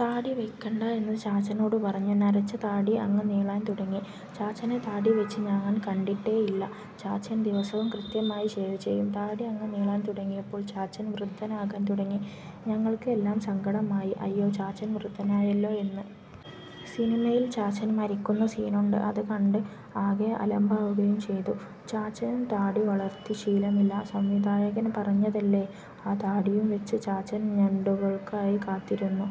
താടി വടിയ്ക്കണ്ട എന്ന് ചാച്ചനോട് പറഞ്ഞു. നരച്ച താടി അങ്ങ് നീളാൻ തുടങ്ങി. ചാച്ചനെ താടിവെച്ച് ഞാൻ കണ്ടിട്ടേയില്ല. ചാച്ചൻ ദിവസവും കൃത്യമായി ഷേവ് ചെയ്യും. താടി അങ്ങ് നീളാൻ തുടങ്ങിയപ്പോൾ ചാച്ചൻ വൃദ്ധനാകാൻ തുടങ്ങി. ഞങ്ങൾക്ക് എല്ലാം സങ്കടമായി. അയ്യോ ചാച്ചൻ വൃദ്ധനായല്ലോ എന്ന്. സിനിമയിൽ ചാച്ചൻ മരിക്കുന്ന സീനുണ്ട്. അതുകണ്ട് ആകെ അലമ്പാവുകയും ചെയ്തു. ചാച്ചനും താടി വളർത്തി ശീലമില്ല. സംവിധായകൻ പറഞ്ഞതല്ലേ, ആ താടിയും വെച്ച് ചാച്ചൻ ഞണ്ടുകൾക്കായി കാത്തിരുന്നു.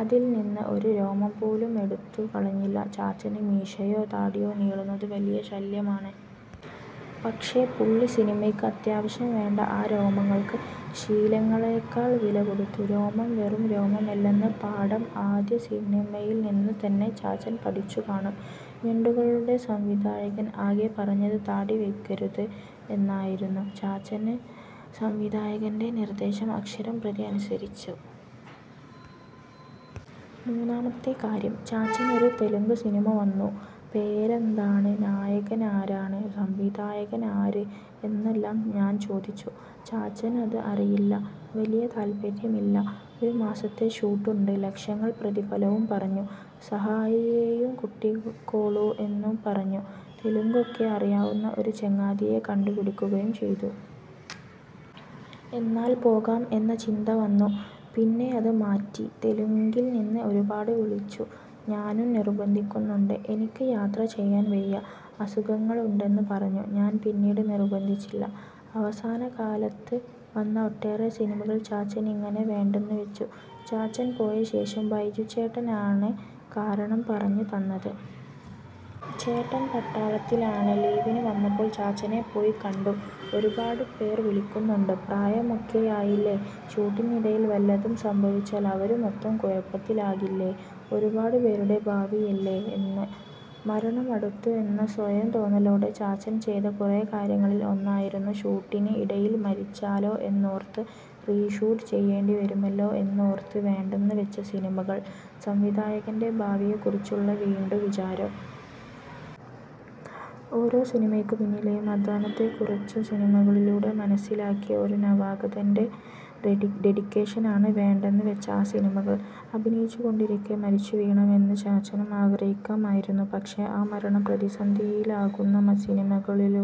അതിൽ നിന്ന് ഒരു രോമം പോലും എടുത്തു കളഞ്ഞില്ല. ചാച്ചന് മീശയോ, താടിയോ നീളുന്നത് വലിയ ശല്യമാണ്. പക്ഷേ പുള്ളി സിനിമയ്ക്ക് അത്യാവശ്യം വേണ്ട ആ രോമങ്ങൾക്ക് ശീലങ്ങളെക്കാൾ വില കൊടുത്തു. രോമം വെറും രോമമല്ലെന്ന് പാഠം ആദ്യ സിനിമയിൽ നിന്ന് തന്നെ ചാച്ചൻ പഠിച്ചു കാണും. ഞണ്ടുകളുടെ സംവിധായകൻ ആകെ പറഞ്ഞത് താടി വടിയ്ക്കരുത് എന്നായിരുന്നു. ചാച്ചനത്, സംവിധായകൻ്റെ നിർദ്ദേശം, അക്ഷരം പ്രതി അനുസരിച്ചു. മൂന്നാമത്തെ കാര്യം, ചാച്ചന് ഒരു തെലുങ്ക് സിനിമ വന്നു. പേരെന്താണ്, നായകനാരാണ്, സംവിധായകനാര് എന്നെല്ലാം ഞാൻ ചോദിച്ചു. ചാച്ചനത് അറിയില്ല. വലിയ താല്പ്പര്യമില്ല. ഒരു മാസത്തെ ഷൂട്ടുണ്ട്. ലക്ഷങ്ങൾ പ്രതിഫലവും പറഞ്ഞു. സഹായിയേയും കൂട്ടിക്കോളൂ എന്ന് പറഞ്ഞു. തെലുങ്കൊക്കെ അറിയാവുന്ന ഒരു ചങ്ങാതിയെ കണ്ടുപിടിക്കുകയും ചെയ്തു. എന്നാൽ പോകാം എന്ന ചിന്ത വന്നു. പിന്നെയത് മാറ്റി. തെലുങ്കിൽ നിന്ന് ഒരുപാട് വിളിച്ചു. ഞാനും നിർബന്ധിക്കുന്നുണ്ട്. എനിക്ക് യാത്ര ചെയ്യാൻ വയ്യ. അസുഖങ്ങൾ ഉണ്ടെന്ന് പറഞ്ഞു. ഞാൻ പിന്നീട് നിർബന്ധിച്ചില്ല. അവസാന കാലത്ത് വന്ന ഒട്ടേറെ സിനിമകൾ ചാച്ചനിങ്ങനെ വേണ്ടെന്ന് വെച്ചു. ചാച്ചൻ പോയ ശേഷം ബൈജു ചേട്ടനാണ് കാരണം പറഞ്ഞു തന്നത്. ചേട്ടൻ പട്ടാളത്തിലാണ്. ലീവിന് വന്നപ്പോൾ ചാച്ചനെ പോയി കണ്ടു. "ഒരുപാടുപേർ വിളിക്കുന്നുണ്ട്. പ്രായമൊക്കെയായില്ലേ, ഷൂട്ടിനിടയിൽ വല്ലതും സംഭവിച്ചാൽ അവരു മൊത്തം കുഴപ്പത്തിലാകില്ലേ, ഒരുപാടുപേരുടെ ഭാവിയല്ലേ" എന്ന്. മരണം അടുത്തു എന്ന സ്വയം തോന്നലോടെ ചാച്ചൻ ചെയ്ത കുറേ കാര്യങ്ങളിൽ ഒന്നായിരുന്നു, ഷൂട്ടിന് ഇടയിൽ മരിച്ചാലോ എന്നോർത്ത്, റീഷൂട്ട് ചെയ്യേണ്ടി വരുമല്ലോ എന്നോർത്ത് വേണ്ടെന്ന് വെച്ച സിനിമകൾ; സംവിധായകൻ്റെ ഭാവിയെ കുറിച്ചുള്ള വീണ്ടുവിചാരം. ഓരോ സിനിമയ്ക്ക് പിന്നിലേയും അധ്വാനത്തെ കുറച്ചു സിനിമകളിലൂടെ മനസ്സിലാക്കിയ ഒരു നവാഗതൻ്റെ ഡെഡിക്കേഷനാണ് വേണ്ടെന്ന് വെച്ച ആ സിനിമകൾ. അഭിനയിച്ചുകൊണ്ടിരിക്കേ മരിച്ചു വീഴണം എന്ന് ചാച്ചനും ആഗ്രഹിക്കാമായിരുന്നു. പക്ഷേ, ആ മരണം പ്രതിസന്ധിയിലാക്കുന്ന സിനിമകളിലെ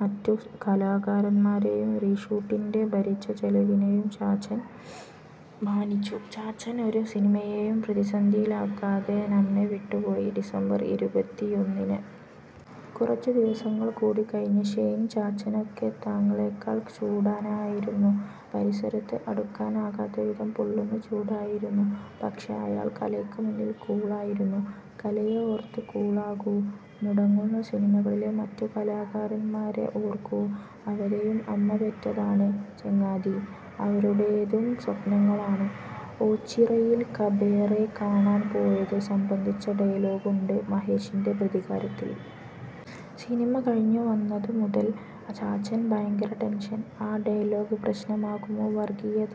മറ്റു കലാകാരന്മാരെയും റീഷൂട്ടിൻ്റെ ഭാരിച്ച ചെലവിനേയും ചാച്ചൻ മാനിച്ചു. ചാച്ചൻ ഒരു സിനിമയേയും പ്രതിസന്ധിയിലാക്കാതെ നമ്മെ വിട്ടുപോയി, ഡിസംബർ ഇരുപത്തിയൊന്നിന്. കുറച്ചു ദിവസങ്ങൾ കൂടിക്കഴിഞ്ഞ്. ഷെയ്ൻ, ചാച്ചനൊക്കെ താങ്കളെക്കാൾ ചൂടനായിരുന്നു. പരിസരത്ത് അടുക്കാനാകാത്ത വിധം പൊള്ളുന്ന ചൂടായിരുന്നു. പക്ഷേ, അയാൾ കലയ്ക്ക് മുന്നിൽ കൂളായിരുന്നു. കലയെ ഓർത്ത് കൂളാകൂ. മുടങ്ങുന്ന സിനിമകളിലെ മറ്റു കലാകാരന്മാരെ ഓർക്കൂ. അവരെയും അമ്മ പെറ്റതാണ് ചങ്ങാതീ. അവരുടേതും സ്വപ്നങ്ങളാണ്. "ഓച്ചിറയിൽ കാബറേ കാണാൻ പോയത്" സംബന്ധിച്ച ഡയലോഗുണ്ട് മഹേഷിൻ്റെ പ്രതികാരത്തിൽ. സിനിമ കഴിഞ്ഞു വന്നത് മുതൽ ചാച്ചൻ ഭയങ്കര ടെൻഷൻ. ആ ഡയലോഗ് പ്രശ്നമാകുമോ. വർഗ്ഗീയത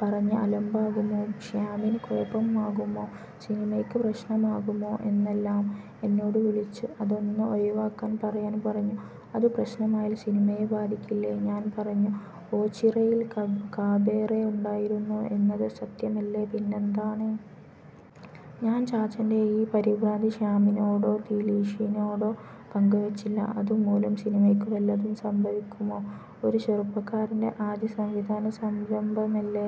പറഞ്ഞ് അലമ്പാകുമോ. ശ്യാമിന് കുഴപ്പമാകുമോ. സിനിമയ്ക്ക് പ്രശ്നമാകുമോ എന്നെല്ലാം. എന്നോട് വിളിച്ച്, അതൊന്ന് ഒഴിവാക്കാൻ പറയാൻ പറഞ്ഞു. അതു പ്രശ്നമായാൽ സിനിമയെ ബാധിക്കില്ലേ. ഞാൻ പറഞ്ഞു, ഓച്ചിറയിൽ കാബറേ ഉണ്ടായിരുന്നു എന്നത് സത്യമല്ലേ, പിന്നെന്താണ്. ഞാൻ ചാച്ചൻ്റെ ഈ പരിഭ്രാന്തി ശ്യാമിനോടോ ദിലീഷിനോടോ പങ്കുവെച്ചില്ല. അതുമൂലം സിനിമയ്ക്ക് വല്ലതും സംഭവിക്കുമോ, ഒരു ചെറുപ്പക്കാരൻ്റെ ആദ്യ സംവിധാന സംരംഭമല്ലേ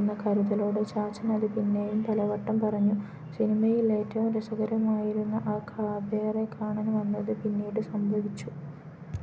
എന്ന കരുതലോടെ, ചാച്ചനത് പിന്നെയും പലവട്ടം പറഞ്ഞു. സിനിമയിൽ ഏറ്റവും രസകരമായിരുന്നു ആ കാബറേ കാണൽ എന്നത് പിന്നീട് സംഭവിച്ചു.